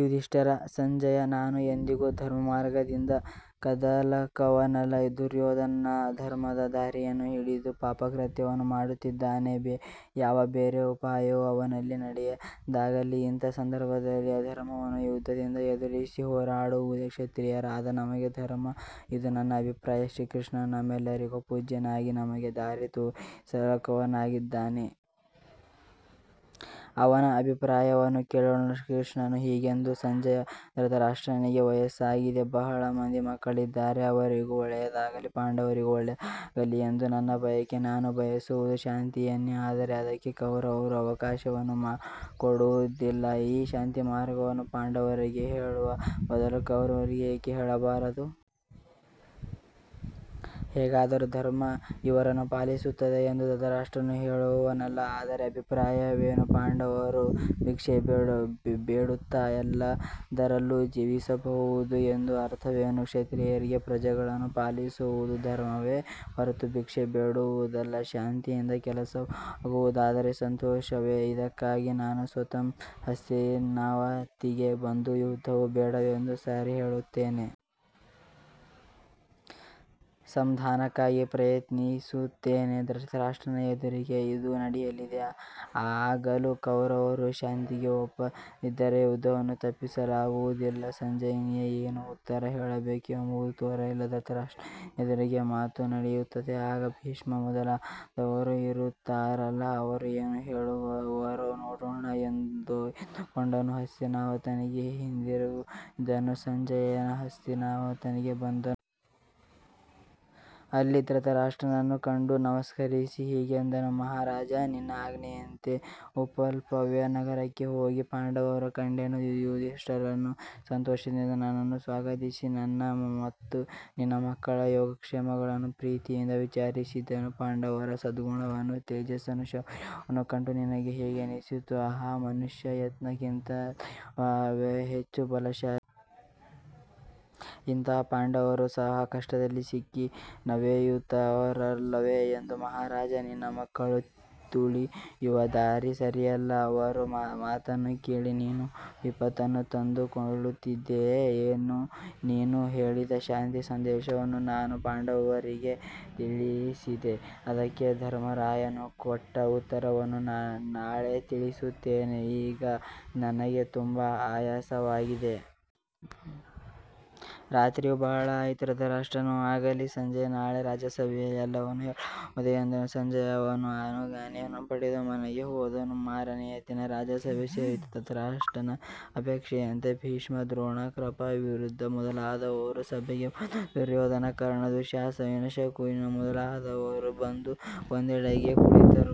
ಯುಧಿಷ್ಠಿರ: ಸಂಜಯ, ನಾನು ಎಂದಿಗೂ ಧರ್ಮಮಾರ್ಗದಿಂದ ಕದಲತಕ್ಕವನಲ್ಲ. ದುರ್ಯೋಧನ ಅಧರ್ಮದ ದಾರಿಯನ್ನು ಹಿಡಿದು ಪಾಪಕೃತ್ಯವನ್ನು ಮಾಡುತ್ತಿದ್ದಾನೆ. ಯಾವ ಬೇರೆ ಉಪಾಯವೂ ಅವನಲ್ಲಿ ನಡೆಯದಾಗಿದೆ. ಇಂಥ ಸಂದರ್ಭದಲ್ಲಿ ಅಧರ್ಮವನ್ನು ಯುದ್ಧದಿಂದ ಎದುರಿಸಿ ಹೋರಾಡುವುದೇ ಕ್ಷತ್ರಿಯರಾದ ನಮಗೆ ಧರ್ಮ. ಇದು ನನ್ನ ಅಭಿಪ್ರಾಯ. ಶ್ರೀಕೃಷ್ಣನು ನಮ್ಮೆಲ್ಲರಿಗೂ ಪೂಜ್ಯನಾಗಿ ನಮಗೆ ದಾರಿ ತೋರಿಸತಕ್ಕವನಾಗಿದ್ದಾನೆ. ಅವನ ಅಭಿಪ್ರಾಯವನ್ನು ಕೇಳೋಣ. ಶ್ರೀಕೃಷ್ಣನು ಹೀಗೆಂದನು ಸಂಜಯ, ಧೃತರಾಷ್ಟ್ರನಿಗೆ ವಯಸ್ಸಾಗಿದೆ. ಬಹಳ ಮಂದಿ ಮಕ್ಕಳಿದ್ದಾರೆ. ಅವರಿಗೂ ಒಳ್ಳೆಯದಾಗಲಿ, ಪಾಂಡವರಿಗೂ ಒಳ್ಳೆಯದಾಗಲಿ ಎಂದು ನನ್ನ ಬಯಕೆ. ನಾನು ಬಯಸುವುದು ಶಾಂತಿಯನ್ನೇ. ಆದರೆ ಅದಕ್ಕೆ ಕೌರವರು ಅವಕಾಶವನ್ನೇ ಕೊಡುತ್ತಿಲ್ಲ. ಈ ಶಾಂತಿಮಾರ್ಗವನ್ನು ಪಾಂಡವರಿಗೆ ಹೇಳುವ ಬದಲು ಕೌರವರಿಗೆ ಏಕೆ ಹೇಳಬಾರದು? ಹೇಗಾದರೂ ಧರ್ಮ ಇವರನ್ನು ಪಾಲಿಸುತ್ತದೆ. ಎಂದು ಧೃತರಾಷ್ಟ್ರನು ಹೇಳುವನಲ್ಲ, ಇದರ ಅಭಿಪ್ರಾಯವೇನು? ಪಾಂಡವರು ಭಿಕ್ಷೆ ಬೇಡುತ್ತ ಎಲ್ಲಾದರೂ ಜೀವಸಬಹುದು ಎಂದು ಅರ್ಥವೇನು? ಕ್ಷತ್ರಿಯರಿಗೆ ಪ್ರಜೆಗಳನ್ನು ಪಾಲಿಸುವುದು ಧರ್ಮವೇ ಹೊರತು ಭಿಕ್ಷೆ ಬೇಡುವುದಲ್ಲ. ಶಾಂತಿಯಿಂದ ಕೆಲಸವಾಗುವುದಾದರೆ ಸಂತೋಷವೇ. ಇದಕ್ಕಾಗಿ ನಾನು ಸ್ವತಃ ಹಸ್ತಿನಾವತಿಗೆ ಬಂದು ಯುದ್ಧವು ಬೇಡವೆಂದು ಸಾರಿ ಹೇಳುತ್ತೇನೆ. ಸಂಧಾನಕ್ಕಾಗಿ ಪ್ರಯತ್ನಿಸುತ್ತೇನೆ. ಧೃತರಾಷ್ಟ್ರನ ಎದುರಿಗೇ ಇದು ನಡೆಯಲಿ. ಆಗಲೂ ಕೌರವರು ಶಾಂತಿಗೆ ಒಪ್ಪದಿದ್ದರೆ ಯುದ್ಧವನ್ನು ತಪ್ಪಿಸಲಾಗುವುದಿಲ್ಲ. ಸಂಜಯನಿಗೆ ಏನು ಉತ್ತರ ಹೇಳಬೇಕೆಂಬುದು ತೋರಲಿಲ್ಲ. 'ಧೃತರಾಷ್ಟ್ರನೆದುರಿಗೆ ಮಾತು ನಡೆಯುತ್ತದೆ. ಆಗ ಭೀಷ್ಮ ಮೊದಲಾದವರು ಇರುತ್ತಾರಲ್ಲ, ಅವರು ಏನು ಹೇಳವರೋ ನೋಡೋಣ'- ಎಂದುಕೊಂಡನು. ಹಸ್ತಿನಾವತಿಗೆ ಹಿಂದಿರುಗಿದನು. ಸಂಜಯನು ಹಸ್ತಿನಾವತಿಗೆ ಬಂದನು. ಅಲ್ಲಿ ಧೃತರಾಷ್ಟ್ರನನ್ನು ಕಂಡು ನಮಸ್ಕರಿಸಿ ಹೀಗೆಂದನು. "ಮಹಾರಾಜ, ನಿನ್ನ ಆಜ್ಞೆಯಂತೆ ಉಪಪ್ಲವ್ಯ ನಗರಕ್ಕೆ ಹೋಗಿ ಪಾಂಡವರನ್ನು ಕಂಡೆನು. ಯುಧಿಷ್ಠಿರನು ಸಂತೋಷದಿಂದ ನನ್ನನ್ನು ಸ್ವಾಗತಿಸಿ ನಿನ್ನ ಮತ್ತು ನಿನ್ನ ಮಕ್ಕಳ ಯೋಗಕ್ಷೇಮಗಳನ್ನು ಪ್ರೀತಿಯಿಂದ ವಿಚಾರಿಸಿದನು. ಪಾಂಡವರ ಸದ್ಗುಣವನ್ನೂ ತೇಜಸ್ಸನ್ನೂ ಶೌರ್ಯವನ್ನೂ ಕಂಡು ನನಗೆ ಹೀಗೆನ್ನಿಸಿತು: 'ಆಹಾ! ಮನುಷ್ಯ ಯತ್ನಿಕ್ಕಿಂತ ದೈವವೇ ಹೆಚ್ಚು ಬಲಶಾಲಿ. ಇಂತಹ ಪಾಂಡವರೂ ಸಹ ಕಷ್ಟದಲ್ಲಿ ಸಿಕ್ಕಿ ನವೆಯುತ್ತಾರಲ್ಲವೆ' ಎಂದು ಮಹಾರಾಜ, ನಿನ್ನ ಮಕ್ಕಳು ತುಳಿಯುವ ದಾರಿ ಸರಿಯಲ್ಲ. ಅವರ ಮಾತನ್ನು ಕೇಳಿ ನೀನು ವಿಪತ್ತನ್ನು ತಂದುಕೊಳ್ಳುತ್ತಿದ್ದೀಯೆ. ನೀನು ಹೇಳಿದ ಶಾಂತಿ ಸಂದೇಶವನ್ನು ನಾನು ಪಾಂಡವರಿಗೆ ತಿಳಿಸಿದೆ. ಅದಕ್ಕೆ ಧರ್ಮರಾಯನು ಕೊಟ್ಟ ಉತ್ತರವನ್ನು ನಾಳೆ ತಿಳಿಸುತ್ತೇನೆ. ಈಗ ನನಗೆ ತುಂಬ ಆಯಾಸವಾಗಿದೆ. ರಾತ್ರಿಯೂ ಬಹಳ ಆಯಿತು". ಧೃತರಾಷ್ಟ್ರನು 'ಆಗಲಿ ಸಂಜಯ, ನಾಳೆ ರಾಜಸಭೆಯಲ್ಲಿ ಎಲ್ಲವನ್ನೂ ಹೇಳಬಹುದು' ಎಂದನು. ಸಂಜಯನು ಅವನ ಅನುಜ್ಞೆಯನ್ನು ಪಡೆದು ಮನೆಗೆ ಹೋದನು. ಮಾರನೆಯ ದಿನ ರಾಜಸಭೆ ಸೇರಿತು. ಧೃತರಾಷ್ಟ್ರನ ಅಪೇಕ್ಷೆಯಂತೆ ಭೀಷ್ಮ, ದ್ರೋಣ, ಕೃಪ, ವಿದುರ ಮೊದಲಾದವರು ಸಭೆಗೆ ಬಂದರು. ದುರ್ಯೋಧನ, ಕರ್ಣ, ದುಶ್ಯಾಸನ, ಶಕುನಿ ಮೊದಲಾದವರೂ ಬಂದು ಒಂದೆಡೆಯಲ್ಲಿ ಕುಳಿತರು.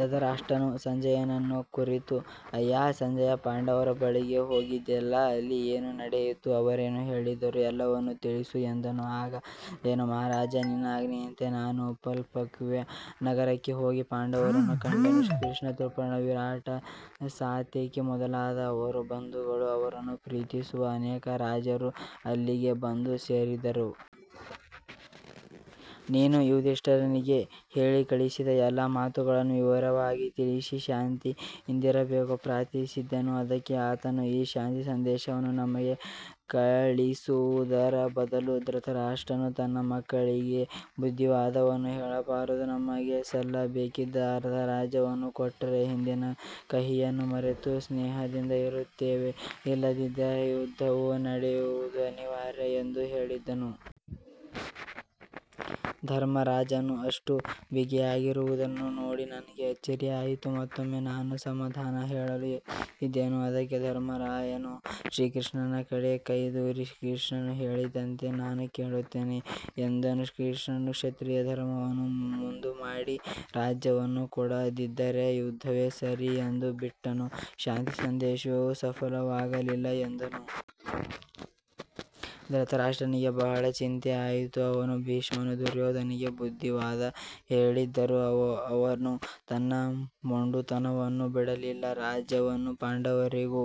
ಧೃತರಾಷ್ಟ್ರನು ಸಂಜಯನನ್ನು ಕುರಿತು "ಅಯ್ಯಾ ಸಂಜಯ, ಪಾಂಡವರ ಬಳಿಗೆ ಹೋಗಿದ್ದೆಯಲ್ಲ, ಅಲ್ಲಿ ಏನು ನಡೆಯಿತು? ಅವರೇನು ಹೇಳಿದರು ಎಲ್ಲವನ್ನೂ ತಿಳಿಸು" ಎಂದನು. ಆಗ ಸಂಜಯನು, "ಮಹಾರಾಜ, ನಿನ್ನ ಆಜ್ಞೆಯಂತೆ ನಾನು ಉಪಪ್ಲವ್ಯ ನಗರಕ್ಕೆ ಹೋಗಿ ಪಾಂಡವರನ್ನು ಕಂಡೆನು. ಶ್ರೀಕೃಷ್ಣ, ದ್ರುಪದ, ವಿರಾಟ, ಸಾತ್ಯಕಿ-ಮೊದಲಾದ ಅವರ ಬಂಧುಗಳೂ ಅವರನ್ನು ಪ್ರೀತಿಸುವ ಅನೇಕ ರಾಜರೂ ಅಲ್ಲಿಗೆ ಬಂದು ಸೇರಿದ್ದರು. ನೀನು ಯುಧಿಷ್ಠಿರನಿಗೆ ಹೇಳಿಕಳಿಸಿದ ಎಲ್ಲ ಮಾತುಗಳನ್ನೂ ವಿವರವಾಗಿ ತಿಳಿಸಿ ಶಾಂತಿಯಿಂದಿರಬೇಕೆಂದು ಪ್ರಾರ್ಥಿಸಿದೆನು. ಅದಕ್ಕೆ ಆತನು ಈ ಶಾಂತಿಸಂದೇಶವನ್ನು ನಮಗೆ ಕಳಿಸುವುದರ ಬದಲು ಧೃತರಾಷ್ಟ್ರನು ತನ್ನ ಮಕ್ಕಳಿಗೇಕೆ ಬುದ್ಧಿವಾದವನ್ನು ಹೇಳಬಾರದು. ನಮಗೆ ಸಲ್ಲಬೇಕಿದ್ದ ಅರ್ಧ ರಾಜ್ಯವನ್ನು ಕೊಟ್ಟರೆ, ಹಿಂದಿನ ಕಹಿಯನ್ನು ಮರೆತು ಸ್ನೇಹದಿಂದ ಇರುತ್ತೇವೆ. ಇಲ್ಲದಿದ್ದರೆ ಯುದ್ಧವು ನಡೆಯುವುದು ಅನಿವಾರ್ಯ ಎಂದು ಹೇಳಿದನು. ಧರ್ಮರಾಜನು ಅಷ್ಟು ಬಿಗಿಯಾಗಿರುವುದನ್ನು ನೋಡಿ ನನಗೆ ಅಚ್ಚರಿಯಾಯಿತು. ಮತ್ತೊಮ್ಮೆ ನಾನು ಸಮಾಧಾನ ಹೇಳಲು ಯತ್ನಿಸಿದೆನು. ಅದಕ್ಕೆ ಧರ್ಮರಾಜನು ಶ್ರೀಕೃಷ್ಣನ ಕಡೆ ಕೈದೋರಿ ಶ್ರೀಕೃಷ್ಣನು ಹೇಳಿದಂತೆ ನಾವು ಕೇಳುತ್ತೇವೆ ಎಂದನು. ಶ್ರೀಕೃಷ್ಣನು ಕ್ಷತ್ರಿಯ ಧರ್ಮವನ್ನು ಮುಂದುಮಾಡಿ ರಾಜ್ಯವನ್ನು ಕೊಡದಿದ್ದರೆ ಯುದ್ಧವೇ ಸರಿ ಎಂದು ಬಿಟ್ಟನು. ಶಾಂತಿಸಂದೇಶವು ಸಫಲವಾಗಲಿಲ್ಲ" ಎಂದನು. ಧೃತರಾಷ್ಟ್ರನಿಗೆ ಬಹಳ ಚಿಂತೆಯಾಯಿತು. ಅವನೂ ಭೀಷ್ಮನೂ ದುರ್ಯೋಧನನಿಗೆ ಬುದ್ಧಿವಾದ ಹೇಳಿದರು. ಅವನು ತನ್ನ ಮೊಂಡುತನವನ್ನು ಬಿಡಲಿಲ್ಲ. ರಾಜ್ಯವನ್ನು ಪಾಂಡವರಿಗೂ